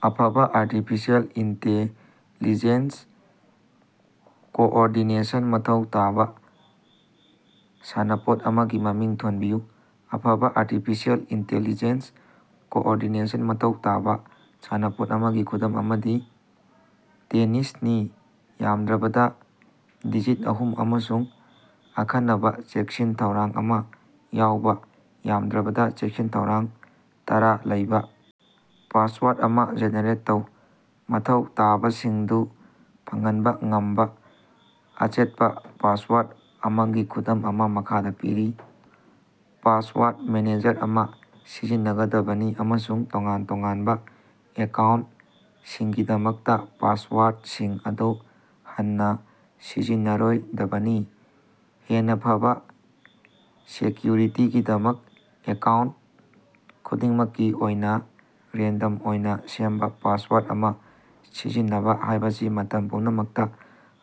ꯑꯐꯕ artificial intelligence coordination ꯃꯊꯧ ꯇꯥꯕ ꯁꯥꯟꯅꯄꯣꯠ ꯑꯃꯒꯤ ꯃꯃꯤꯡ ꯊꯣꯟꯕꯤꯌꯨ꯫ ꯑꯐꯕ ꯑ꯭ꯔꯇꯤꯐꯤꯁꯦꯜ ꯏꯟꯇꯦꯜꯂꯤꯖꯦꯟ ꯀꯣꯑꯣꯔꯗꯤꯅꯦꯁꯟ ꯃꯊꯧ ꯇꯥꯕ ꯁꯥꯟꯅꯄꯣꯠ ꯑꯃꯒꯤ ꯈꯨꯗꯝ ꯑꯃꯗꯤ ꯇꯦꯅꯤꯁꯅꯤ꯫ ꯌꯥꯝꯗ꯭ꯔꯕꯗ ꯗꯤꯖꯤꯠ ꯑꯍꯨꯝ ꯑꯃꯁꯨꯡ ꯑꯈꯟꯅꯕ ꯆꯦꯛꯁꯤꯟ-ꯊꯧꯔꯥꯡ ꯑꯃꯥ ꯌꯥꯎꯕ ,ꯌꯥꯝꯗ꯭ꯔꯕꯗ ꯆꯦꯛꯁꯤꯟ-ꯊꯧꯔꯥꯡ ꯇꯥꯔ ꯂꯩꯕ ꯄꯥꯁꯋꯥꯔꯗ ꯑꯃꯥ ꯖꯦꯅꯦꯔꯦꯠ ꯇꯧ꯫ ꯃꯊꯧ ꯇꯥꯕꯁꯤꯡꯗꯨ ꯐꯪꯍꯟꯕ ꯉꯝꯕ ꯑꯆꯦꯠꯄꯥ ꯄꯥꯁꯋꯥꯔꯗ ꯑꯃꯥꯒꯤ ꯈꯨꯗꯝ ꯑꯃꯥ ꯃꯈꯥꯗꯥ ꯄꯤꯔꯤ, ꯄꯥꯁꯋꯥꯔꯗ ꯃꯦꯅꯦꯖꯔ ꯑꯃꯥ ꯁꯤꯖꯤꯟꯅꯒꯗꯕꯅꯤ ꯑꯃꯁꯨꯡ ꯇꯣꯉꯥꯟ-ꯇꯣꯉꯥꯟꯕ ꯑꯦꯀꯥꯎꯟꯇꯁꯤꯡꯒꯤꯗꯃꯛꯇꯥ ꯄꯥꯁꯋꯥꯔꯗꯁꯤꯡ ꯑꯃꯨꯛ ꯍꯟꯅꯥ ꯁꯤꯖꯤꯟꯅꯔꯣꯏꯗꯕꯅꯤ꯫ ꯍꯦꯟꯅ ꯐꯕꯥ ꯁꯦꯛꯌꯨꯔꯤꯇꯤꯒꯤꯗꯃꯛ ꯑꯦꯀꯥꯎꯟꯇ ꯈꯨꯗꯤꯡꯃꯛꯀꯤ ꯑꯣꯏꯅꯥ ꯔꯦꯟꯗꯝ ꯑꯣꯏꯅ ꯁꯦꯝꯕ ꯄꯥꯁꯋꯥꯔꯗ ꯑꯃꯥ ꯁꯤꯖꯤꯟꯅꯕ ꯍꯥꯏꯕꯁꯤ ꯃꯇꯝ ꯄꯨꯝꯅꯃꯛꯇꯥ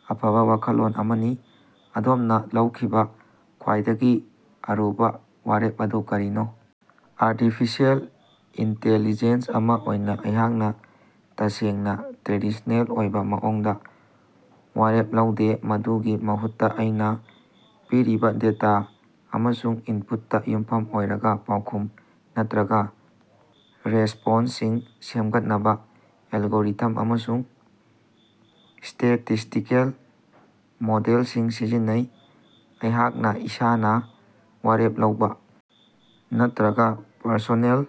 ꯑꯐꯕ ꯋꯥꯈꯜꯂꯣꯟ ꯑꯃꯅꯤ꯫ ꯑꯗꯣꯝꯅꯥ ꯂꯧꯈꯤꯕꯥ ꯈ꯭ꯋꯥꯏꯗꯒꯤ ꯑꯔꯨꯕꯥ ꯋꯥꯔꯦꯞ ꯑꯗꯨ ꯀꯔꯤꯅꯣ? ꯑ꯭ꯔꯇꯤꯐꯤꯁꯦꯜ ꯏꯟꯇꯦꯜꯂꯤꯖꯦꯟ ꯑꯃꯥ ꯑꯣꯏꯅ ꯑꯩꯍꯥꯛꯅ ꯇꯁꯦꯡꯅ ꯇ꯭ꯔꯦꯗꯤꯁ꯭ꯅꯦꯜ ꯑꯣꯏꯕ ꯃꯑꯣꯡꯗ ꯋꯥꯔꯦꯞ ꯂꯧꯗꯦ꯫ ꯃꯗꯨꯒꯤ ꯃꯍꯨꯠꯇꯥ, ꯑꯩꯅꯥ ꯄꯤꯔꯤꯕ ꯗꯦꯇꯥ ꯑꯃꯁꯨꯡ ꯏꯟꯄꯨꯠꯇꯥ ꯌꯨꯝꯐꯝ ꯑꯣꯏꯔꯒꯥ ꯄꯥꯎꯈꯨꯝ ꯅꯠꯇ꯭ꯔꯒ ꯔꯦꯁ꯭ꯄꯣꯟꯁꯁꯤꯡ ꯁꯦꯝꯒꯠꯅꯕ ꯑꯦꯂꯒꯣꯔꯤꯊꯝ ꯑꯃꯁꯨꯡ ꯁ꯭ꯇꯦꯇꯤꯁ꯭ꯇꯤꯀꯦꯜ ꯃꯣꯗꯦꯂꯁꯤꯡ ꯁꯤꯖꯤꯟꯅꯩ꯫ ꯑꯩꯍꯥꯛꯅ ꯏꯁꯥꯅꯥ ꯋꯥꯔꯦꯞ ꯂꯧꯕ ꯅꯠꯇ꯭ꯔꯒ ꯄꯔꯁꯣꯅꯦꯜ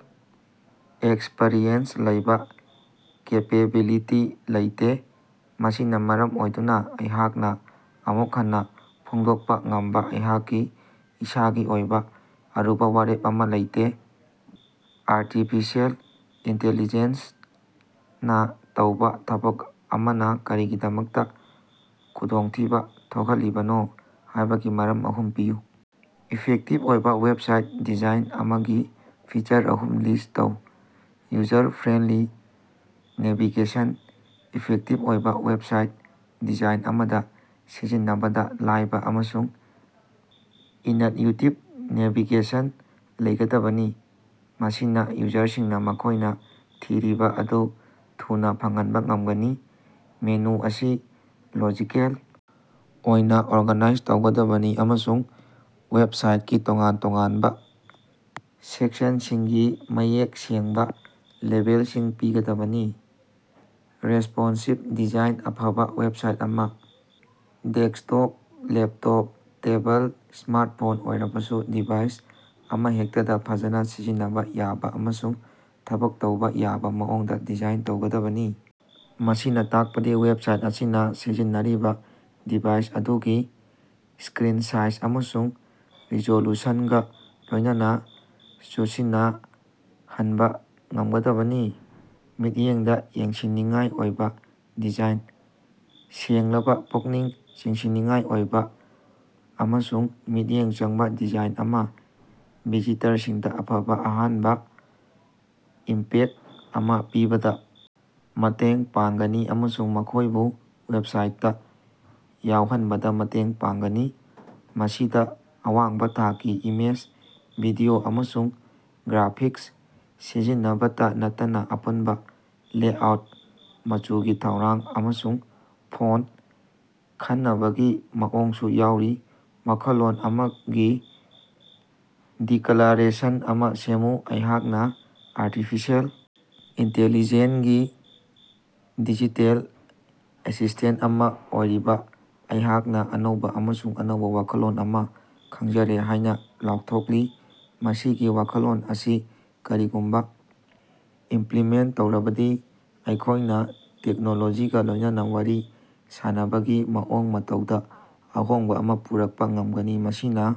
ꯑꯦꯛꯁꯄꯔꯤꯌꯦꯟꯁ ꯂꯩꯕ ꯀꯦꯄꯦꯕꯤꯂꯤꯇꯤ ꯂꯩꯇꯦ꯫ ꯃꯁꯤꯅ ꯃꯔꯝ ꯑꯣꯏꯗꯨꯅ ꯑꯩꯍꯥꯛꯅ ꯑꯃꯨꯛ ꯍꯟꯅꯥ ꯐꯣꯡꯗꯣꯛꯄꯥ ꯉꯝꯕ ꯑꯩꯍꯥꯛꯀꯤ ꯏꯁꯥꯒꯤ ꯑꯣꯏꯕ ꯑꯔꯨꯕ ꯋꯥꯔꯦꯞ ꯑꯃꯥ ꯂꯩꯇꯦ꯫ ꯑ꯭ꯔꯇꯤꯐꯤꯁꯦꯜ ꯏꯟꯇꯦꯜꯂꯤꯖꯦꯟꯅꯥ ꯇꯧꯕ ꯊꯕꯛ ꯑꯃꯅꯥ ꯀꯔꯤꯒꯤꯗꯃꯛꯇꯥ ꯈꯨꯗꯣꯡꯊꯤꯕ ꯊꯣꯛꯍꯜꯂꯤꯕꯅꯣ ꯍꯥꯏꯕꯒꯤ ꯃꯔꯝ ꯑꯍꯨꯝ ꯄꯤꯌꯨ꯫ ꯏꯐꯦꯛꯇꯤꯚ ꯑꯣꯏꯕ ꯋꯦꯕꯁꯥꯏꯠ ꯗꯤꯖꯥꯏꯟ ꯑꯃꯒꯤ ꯐꯤꯆꯔ ꯑꯍꯨꯝ ꯂꯤꯁ꯭ꯠ ꯇꯧ꯫ ꯌꯨꯖꯔ-ꯐ꯭ꯔꯦꯟꯗꯂꯤ ꯅꯦꯚꯤꯒꯦꯁꯟ: ꯏꯐꯦꯛꯇꯤꯕ ꯑꯣꯏꯕꯥ ꯋꯦꯕꯁꯥꯏꯠ ꯗꯤꯖꯥꯏꯟ ꯑꯃꯗꯥ ꯁꯤꯖꯤꯟꯅꯕꯗ ꯂꯥꯏꯕ ꯑꯃꯁꯨꯡ ꯏꯅꯠꯌꯨꯇꯤꯕ ꯅꯦꯚꯤꯒꯦꯁꯟ ꯂꯩꯒꯗꯕꯅꯤ, ꯃꯁꯤꯅꯥ ꯌꯨꯖꯔꯁꯤꯡꯅ ꯃꯈꯣꯏꯅ ꯊꯤꯔꯤꯕ ꯑꯗꯨ ꯊꯨꯅꯥ ꯐꯪꯍꯟꯕ ꯉꯝꯒꯅꯤ꯫ ꯃꯦꯅꯨ ꯑꯁꯤ ꯂꯣꯖꯤꯀꯦꯜ ꯑꯣꯏꯅ ꯑꯣꯔꯒꯥꯅꯥꯏꯖ ꯇꯧꯒꯗꯕꯅꯤ ꯑꯃꯁꯨꯡ ꯋꯦꯕꯁꯥꯏꯠꯀꯤ ꯇꯣꯉꯥꯟ-ꯇꯣꯉꯥꯟꯕ ꯁꯦꯛꯁꯅꯁꯤꯡꯒꯤ ꯃꯌꯦꯛ ꯁꯦꯡꯕꯥ ꯂꯦꯕꯦꯂꯁꯤꯡ ꯄꯤꯒꯗꯕꯅꯤ꯫ ꯔꯦꯁ꯭ꯄꯣꯟꯁꯤꯕ ꯗꯤꯖꯥꯏꯟ ꯑꯐꯕꯥ ꯋꯦꯕꯁꯥꯏꯠ ꯑꯃꯥ ꯗꯦꯁ꯭ꯀꯇꯣꯞ, ꯂꯦꯞꯇꯣꯞ, ꯇꯦꯕꯜ, ꯁ꯭ꯃꯥꯔꯇꯐꯣꯟ ꯑꯣꯏꯔꯕꯁꯨ ꯗꯤꯚꯥꯏꯁ ꯑꯃꯍꯦꯛꯇꯗꯥ ꯐꯖꯅ ꯁꯤꯖꯤꯟꯅꯕ ꯌꯥꯕ ꯑꯃꯁꯨꯡ ꯊꯕꯛ ꯇꯧꯕ ꯌꯥꯕ ꯃꯑꯣꯡꯗꯥ ꯗꯤꯖꯥꯏꯟ ꯇꯧꯒꯗꯕꯅꯤ꯫ ꯃꯁꯤꯅꯥ ꯇꯥꯛꯄꯗꯤ ꯋꯦꯕꯁꯥꯏꯠ ꯑꯁꯤꯅ ꯁꯤꯖꯤꯟꯅꯔꯤꯕ ꯗꯤꯚꯥꯏꯁ ꯑꯗꯨꯒꯤ ꯁ꯭ꯛꯔꯤꯟ ꯁꯥꯏꯖ ꯑꯃꯁꯨꯡ ꯔꯤꯖꯣꯂꯨꯁꯅꯒꯥ ꯂꯣꯏꯅꯅꯥ ꯆꯨꯁꯤꯟꯅꯍꯟꯕꯥ ꯉꯝꯒꯗꯕꯅꯤ꯫ ꯃꯤꯠꯌꯦꯡꯗꯥ ꯌꯦꯡꯅꯤꯡꯉꯥꯏ ꯑꯣꯏꯕꯥ ꯗꯤꯖꯥꯏꯟ: ꯁꯦꯡꯂꯕꯥ, ꯄꯨꯛꯅꯤꯡ ꯆꯤꯡꯁꯤꯟꯅꯤꯡꯉꯥꯏ ꯑꯣꯏꯕꯥ ꯑꯃꯁꯨꯡ ꯃꯤꯠꯌꯦꯡ ꯆꯪꯕꯥ ꯗꯤꯖꯥꯏꯟ ꯑꯃꯅꯥ ꯚꯤꯖꯤꯇꯔꯁꯤꯡꯗꯥ ꯑꯐꯕ ꯑꯍꯥꯟꯕ ꯏꯝꯄꯦꯛꯇ ꯑꯃꯥ ꯄꯤꯕꯗꯥ ꯃꯇꯦꯡ ꯄꯥꯡꯒꯅꯤ ꯑꯃꯁꯨꯡ ꯃꯈꯣꯏꯕꯨ ꯋꯦꯕꯁꯥꯏꯠꯇꯥ ꯌꯥꯎꯍꯟꯕꯗ ꯃꯇꯦꯡ ꯄꯥꯡꯒꯅꯤ꯫ ꯃꯁꯤꯗꯥ ꯑꯋꯥꯡꯕ ꯊꯥꯛꯀꯤ ꯏꯃꯦꯖ, ꯚꯤꯗꯤꯑꯣ, ꯑꯃꯁꯨꯡ ꯒ꯭ꯔꯥꯐꯤꯛꯁ ꯁꯤꯖꯤꯟꯅꯕꯇꯥ ꯅꯠꯇꯅꯥ ꯑꯄꯨꯟꯕ ꯂꯦꯑꯥꯎꯠ, ꯃꯆꯨꯒꯤ ꯊꯧꯔꯥꯡ, ꯑꯃꯁꯨꯡ ꯐꯣꯟꯇ ꯈꯪꯅꯕꯒꯤ ꯃꯑꯣꯡꯁꯨ ꯌꯥꯎꯔꯤ꯫ ꯋꯥꯈꯜꯂꯣꯟ ꯑꯃꯥꯒꯤ ꯗꯤꯛꯂꯥꯔꯦꯁꯟ ꯑꯃꯥ ꯁꯦꯝꯃꯨ꯫ ꯑꯩꯍꯥꯛꯅꯥ ꯑ꯭ꯔꯇꯤꯐꯤꯁꯦꯜ ꯏꯟꯇꯦꯜꯂꯤꯖꯦꯟ ꯒꯤ ꯗꯤꯖꯤꯇꯦꯜ ꯑꯦꯁꯤꯁ꯭ꯇꯦꯟꯇ ꯑꯃꯥ ꯑꯣꯏꯔꯤꯕ ꯑꯩꯍꯥꯛꯅ ꯑꯅꯧꯕ ꯑꯃꯁꯨꯡ ꯑꯅꯧꯕ ꯋꯥꯈꯜꯂꯣꯟ ꯑꯃꯥ ꯈꯪꯖꯔꯦ ꯍꯥꯏꯅꯥ ꯂꯥꯎꯊꯣꯛꯂꯤ꯫ ꯃꯁꯤꯒꯤ ꯋꯥꯈꯜꯂꯣꯟ ꯑꯁꯤ ꯀꯔꯤꯒꯨꯝꯕ ꯏꯃꯞꯂꯤꯃꯦꯟꯇ ꯇꯧꯔꯕꯗꯤ ꯑꯩꯈꯣꯏꯅꯥ ꯇꯦꯛꯅꯣꯂꯣꯖꯤꯒꯥ ꯂꯣꯏꯅꯅꯥ ꯋꯥꯔꯤ ꯁꯥꯅꯕꯒꯤ ꯃꯑꯣꯡ ꯃꯇꯧꯗꯥ ꯑꯍꯣꯡꯕꯥ ꯑꯃꯥ ꯄꯨꯔꯛꯄꯥ ꯉꯝꯒꯅꯤ꯫ ꯃꯁꯤꯅꯥ